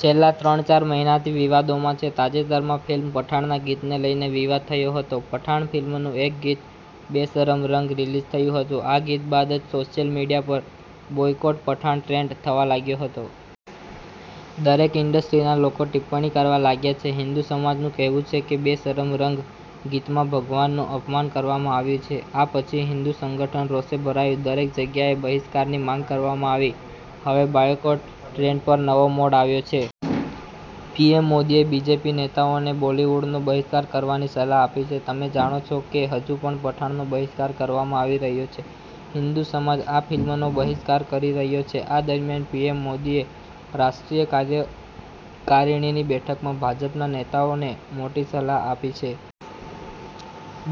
છેલ્લા ત્રણ-ચાર મહિનાથી વિવાદોમાં છે. તાજેતરમાં ફિલ્મ પઠાણના ગીતને લઈને વિવાદ થયો હતો. પઠાણ ફિલ્મનું એક ગીત બેશરમ રંગ રિલીઝ થયું હતું, આ ગીત બાદ જ સોશિયલ મીડિયા પર બોયકોટ પઠાણ ટ્રેન્ડ થવા લાગ્યો હતો. દરેક ઈન્ડસ્ટ્રીના લોકો ટીપ્પણી કરવા લાગ્યા છે, હિન્દુ સમાજનું કહેવું છે કે બેશરમ રંગ ગીતમાં ભગવાનું અપમાન કરવામાં આવ્યું છે. આ પછી હિન્દુ સંગઠન રોષે ભરાયું, દરેક જગ્યાએ બહિષ્કારની માંગ કરવામાં આવી. હવે બોયકોટ ટ્રેન્ડ પર નવો મોડ આવ્યો છે. પીએમ મોદી એ બીજેપી નેતાઓને બોલીવુડનો બહિષ્કાર કરવાની સલાહ આપી છે. તમે જાણો છો કે હજુ પણ પઠાણનો બહિષ્કાર કરવામાં આવી રહ્યો છે. હિંદુ સમાજ આ ફિલ્મનો બહિષ્કાર કરી રહ્યો છે. આ દરમિયાન પીએમ મોદીએ રાષ્ટ્રીય કાર્યકારિણીની બેઠકમાં ભાજપના નેતાઓને મોટી સલાહ આપી છે.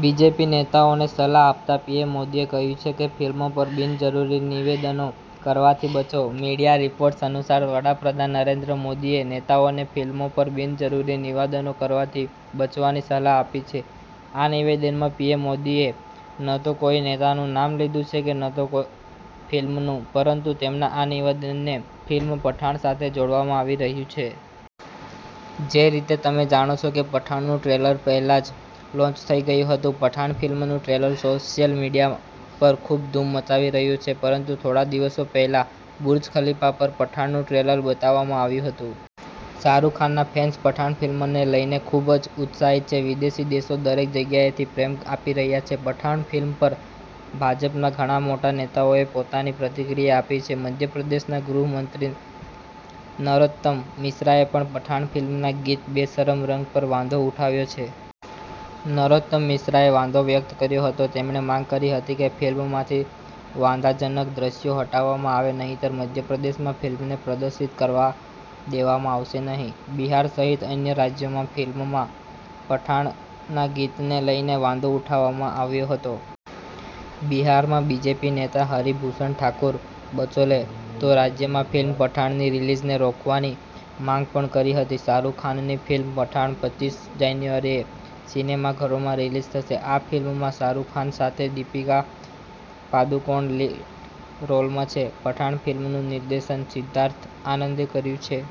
બીજેપી નેતાઓને સલાહ આપતા પીએમ મોદીએ કહ્યું છે કે ફિલ્મો પર બિનજરૂરી નિવેદનો કરવાથી બચો. મીડિયા રિપોર્ટ્સ અનુસાર વડાપ્રધાન નરેન્દ્ર મોદીએ નેતાઓને ફિલ્મો પર બિનજરૂરી નિવેદનો કરવાથી બચવાની સલાહ આપી છે. આ નિવેદનમાં પીએમ મોદીએ ન તો કોઈ નેતાનું નામ લીધું છે કે ન તો ફિલ્મનું, પરંતુ તેમના આ નિવેદનને ફિલ્મ પઠાણ સાથે જોડવામાં આવી રહ્યું છે. જે રીતે તમે જાણો છો કે પઠાણનું ટ્રેલર પહેલા જ લોન્ચ થઈ ગયું હતું. પઠાણ ફિલ્મનું ટ્રેલર સોશિયલ મીડિયા પર ખૂબ ધૂમ મચાવી રહ્યું છે. પરંતુ થોડા દિવસો પહેલા બુર્જ ખલીફા પર પઠાણનું ટ્રેલર બતાવવામાં આવ્યું હતું. શાહરૂખ ખાનના ફેન્સ પઠાણ ફિલ્મને લઈને ખૂબ જ ઉત્સાહિત છે. વિદેશી દેશો દરેક જગ્યાએથી પ્રેમ આપી રહ્યા છે. પઠાણ ફિલ્મ પર ભાજપના ઘણા મોટા નેતાઓએ પોતાની પ્રતિક્રિયા આપી છે. મધ્યપ્રદેશના ગૃહમંત્રી નરોત્તમ મિશ્રાએ પણ પઠાણ ફિલ્મના ગીત બેશરમ રંગ પર વાંધો ઉઠાવ્યો છે. નરોત્તમ મિશ્રા એ વાંધો વ્યક્ત કર્યો હતો. તેમણે માંગ કરી હતી કે ફિલ્મમાંથી વાંધાજનક દ્રશ્યો હટાવવામાં આવે નહીંતર મધ્યપ્રદેશમાં ફિલ્મને પ્રદર્શિત કરવા દેવામાં આવશે નહીં. બિહાર સહિત અન્ય રાજ્યોમાં ફિલ્મ પઠાણના ગીતને લઈને વાંધો ઉઠાવવામાં આવ્યો હતો. બિહારમાં બીજેપી નેતા હરિ ભૂષણ ઠાકુર બચૌલે તો રાજ્યમાં ફિલ્મ પઠાણની રિલીઝને રોકવાની માંગ પણ કરી હતી. શાહરૂખ ખાનની ફિલ્મ પઠાણ પચીસ જાન્યુઆરીએ સિનેમાઘરોમાં રિલીઝ થશે. આ ફિલ્મમાં શાહરૂખ ખાન સાથે દીપિકા પાદુકોણ લીડ રોલમાં છે. પઠાણ ફિલ્મનું નિર્દેશન સિદ્ધાર્થ આનંદે કર્યું છે.